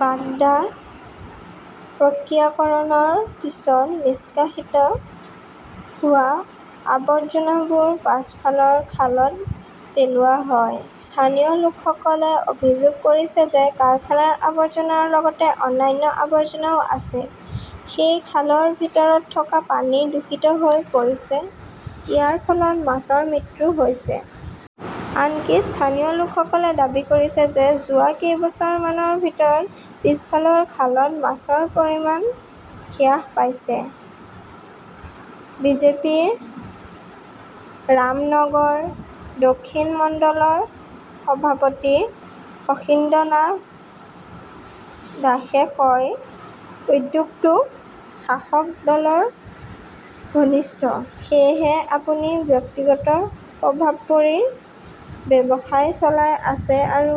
বাগদা প্ৰক্ৰিয়াকৰণৰ পিছত নিষ্কাশিত হোৱা আৱৰ্জনাবোৰ পাছফালৰ খালত পেলোৱা হয়। স্থানীয় লোকসকলে অভিযোগ কৰিছে যে কাৰখানাৰ আৱৰ্জনাৰ লগতে অন্যান্য আৱৰ্জনাও আছে। সেই খালৰ ভিতৰত থকা পানী দূষিত হৈ পৰিছে। ইয়াৰ ফলত মাছৰ মৃত্যু হৈছে। আনকি স্থানীয় লোকসকলে দাবী কৰিছে যে যোৱা কেইবছৰমানৰ ভিতৰত পিছফালৰ খালত মাছৰ পৰিমাণ হ্ৰাস পাইছে। বিজেপিৰ ৰামনগৰ- দক্ষিণ মণ্ডলৰ সভাপতি শশীন্দ্ৰনাথ দাসে কয়, উদ্যোগটো শাসক দলৰ ঘনিষ্ঠ। সেয়েহে আপুনি ব্যক্তিগত প্ৰভাৱ পৰি ব্যৱসায় চলাই আছে আৰু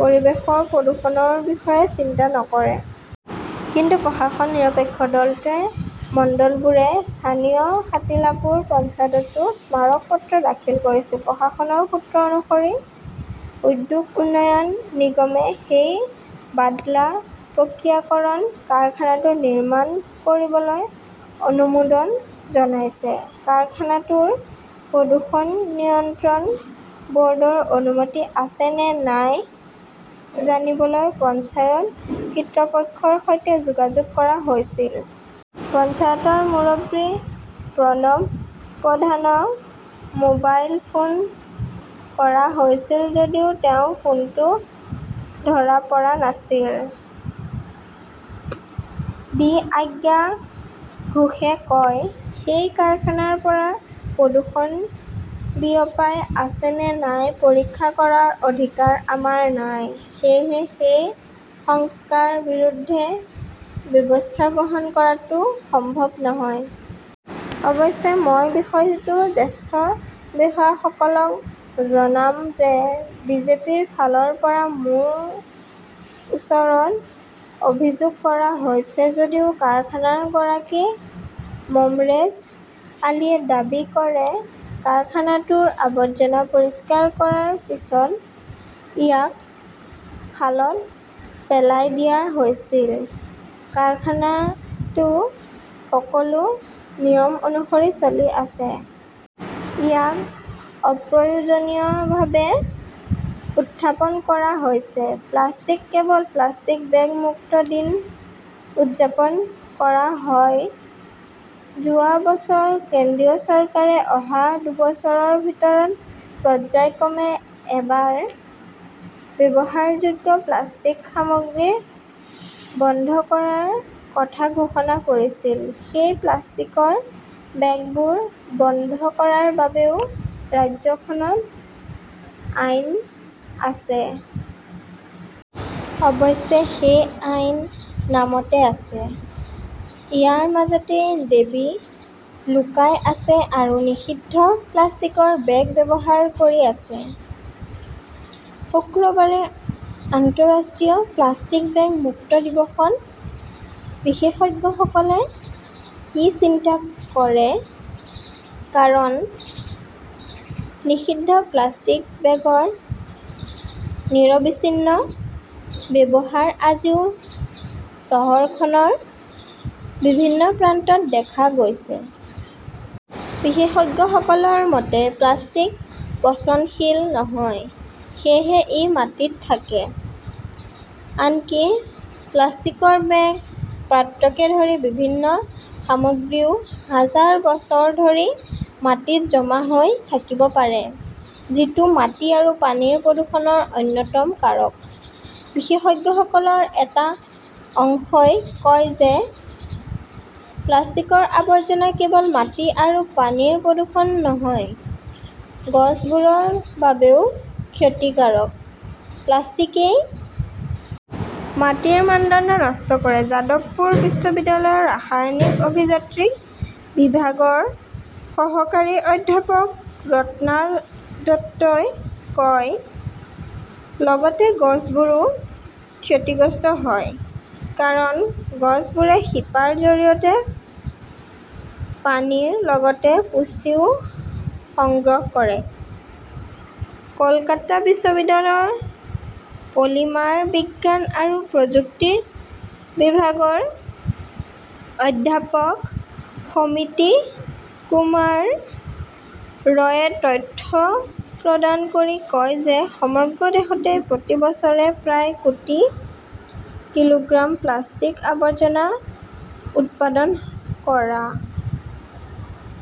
পৰিৱেশৰ প্ৰদূষণৰ বিষয়ে চিন্তা নকৰে। কিন্তু প্ৰশাসন নিৰপেক্ষ। দলটোৱে মন্ডলবোৰে স্থানীয় সাতিলাপুৰ পঞ্চায়ততো স্মাৰক পত্ৰ দাখিল কৰিছিল। প্ৰশাসনৰ সূত্ৰ অনুসৰি, উদ্যোগ উন্নয়ন নিগমে সেই বাদলা প্ৰক্ৰিয়াকৰণ কাৰখানাটো নিৰ্মাণ কৰিবলৈ অনুমোদন জনাইছে। কাৰখানাটোৰ প্ৰদূষণ নিয়ন্ত্ৰণ বৰ্ডৰ অনুমতি আছে নে নাই জানিবলৈ পঞ্চায়ত কৃতপক্ষৰ সৈতে যোগাযোগ কৰা হৈছিল। পঞ্চায়তৰ মুৰব্বী প্ৰণৱ প্ৰধানক মোবাইল ফোন কৰা হৈছিল যদিও তেওঁ ফোনটো ধৰা পৰা নাছিল। ডি. আগ্য়া ঘোষে কয়, সেই কাৰখানাৰ পৰা প্ৰদূষণ বিয়পাই আছে নে নাই পৰীক্ষা কৰাৰ অধিকাৰ আমাৰ নাই। সেয়েহে সেই সংস্কাৰ বিৰুদ্ধে ব্যৱস্থা গ্ৰহণ কৰাটো সম্ভৱ নহয়। অৱশ্যে, মই বিষয়টো জ্যেষ্ঠ বিষয়াসকলক জনাম যে বিজেপিৰ ফালৰ পৰা মোৰ ওচৰত অভিযোগ কৰা হৈছে। যদিও কাৰখানাৰ গৰাকী মমৰেজ আলীয়ে দাবী কৰে, কাৰখানাটোৰ আৱৰ্জনা পৰিষ্কাৰ কৰাৰ পিছত ইয়াক খালত পেলাই দিয়া হৈছিল। কাৰখানাটো সকলো নিয়ম অনুসৰি চলি আছে। ইয়াক অপ্ৰয়োজনীয়ভাৱে উত্থাপন কৰা হৈছে। প্লাষ্টিক কেৱল প্লাষ্টিক বেগ-মুক্ত দিন উদযাপন কৰা হয় যোৱা বছৰ কেন্দ্ৰীয় চৰকাৰে অহা দুবছৰৰ ভিতৰত পৰ্য্যায়ক্ৰমে এবাৰ ব্যৱহাৰযোগ্য প্লাষ্টিক সামগ্ৰী বন্ধ কৰাৰ কথা ঘোষণা কৰিছিল। সেই প্লাষ্টিকৰ বেগবোৰ বন্ধ কৰাৰ বাবেও ৰাজ্যখনত আইন আছে। অৱশ্যে সেই আইন নামতে আছে। ইয়াৰ মাজতে দেৱী লুকাই আছে আৰু নিষিদ্ধ প্লাষ্টিকৰ বেগ ব্যৱহাৰ কৰি আছে। শুক্ৰবাৰে, আন্তঃৰাষ্ট্ৰীয় প্লাষ্টিক বেগ-মুক্ত দিৱস ত বিশেষজ্ঞসকলে কি চিন্তা কৰে। কাৰণ, নিষিদ্ধ প্লাষ্টিক বেগৰ নিৰবিচ্ছিন্ন ব্যৱহাৰ আজিও চহৰখনৰ বিভিন্ন প্ৰান্তত দেখা গৈছে। বিশেষজ্ঞসকলৰ মতে, প্লাষ্টিক পচনশীল নহয়। সেয়েহে ই মাটিত থাকে। আনকি প্লাষ্টিকৰ বেগ, পাত্ৰকে ধৰি বিভিন্ন সামগ্ৰীও হাজাৰ বছৰ ধৰি মাটিত জমা হৈ থাকিব পাৰে। যিটো মাটি আৰু পানীৰ প্ৰদূষণৰ অন্যতম কাৰক। বিশেষজ্ঞসকলৰ এটা অংশই কয় যে প্লাষ্টিকৰ আৱৰ্জনা কেৱল মাটি আৰু পানীৰ প্ৰদূষণ নহয়, গছবোৰৰ বাবেও ক্ষতিকাৰক। প্লাষ্টিকই মাটিৰ মানদণ্ড নষ্ট কৰে, যাদৱপুৰ বিশ্ববিদ্যালয়ৰ ৰাসায়নিক অভিযান্ত্ৰিক বিভাগৰ সহকাৰী অধ্যাপক ৰত্না দত্তই কয়। লগতে গছবোৰো ক্ষতিগ্ৰস্ত হয়। কাৰণ, গছবোৰে শিপাৰ জৰিয়তে পানীৰ লগতে পুষ্টিও সংগ্ৰহ কৰে। কলকাতা বিশ্ববিদ্যালয়ৰ পলিমাৰ বিজ্ঞান আৰু প্ৰযুক্তি বিভাগৰ অধ্যাপক সমিতি কুমাৰ ৰয়ে তথ্য প্ৰদান কৰি কয় যে সমগ্ৰ দেশতে প্ৰতি বছৰে প্ৰায় কোটি কিলোগ্ৰাম প্লাষ্টিক-আৱৰ্জনা উৎপাদন কৰা।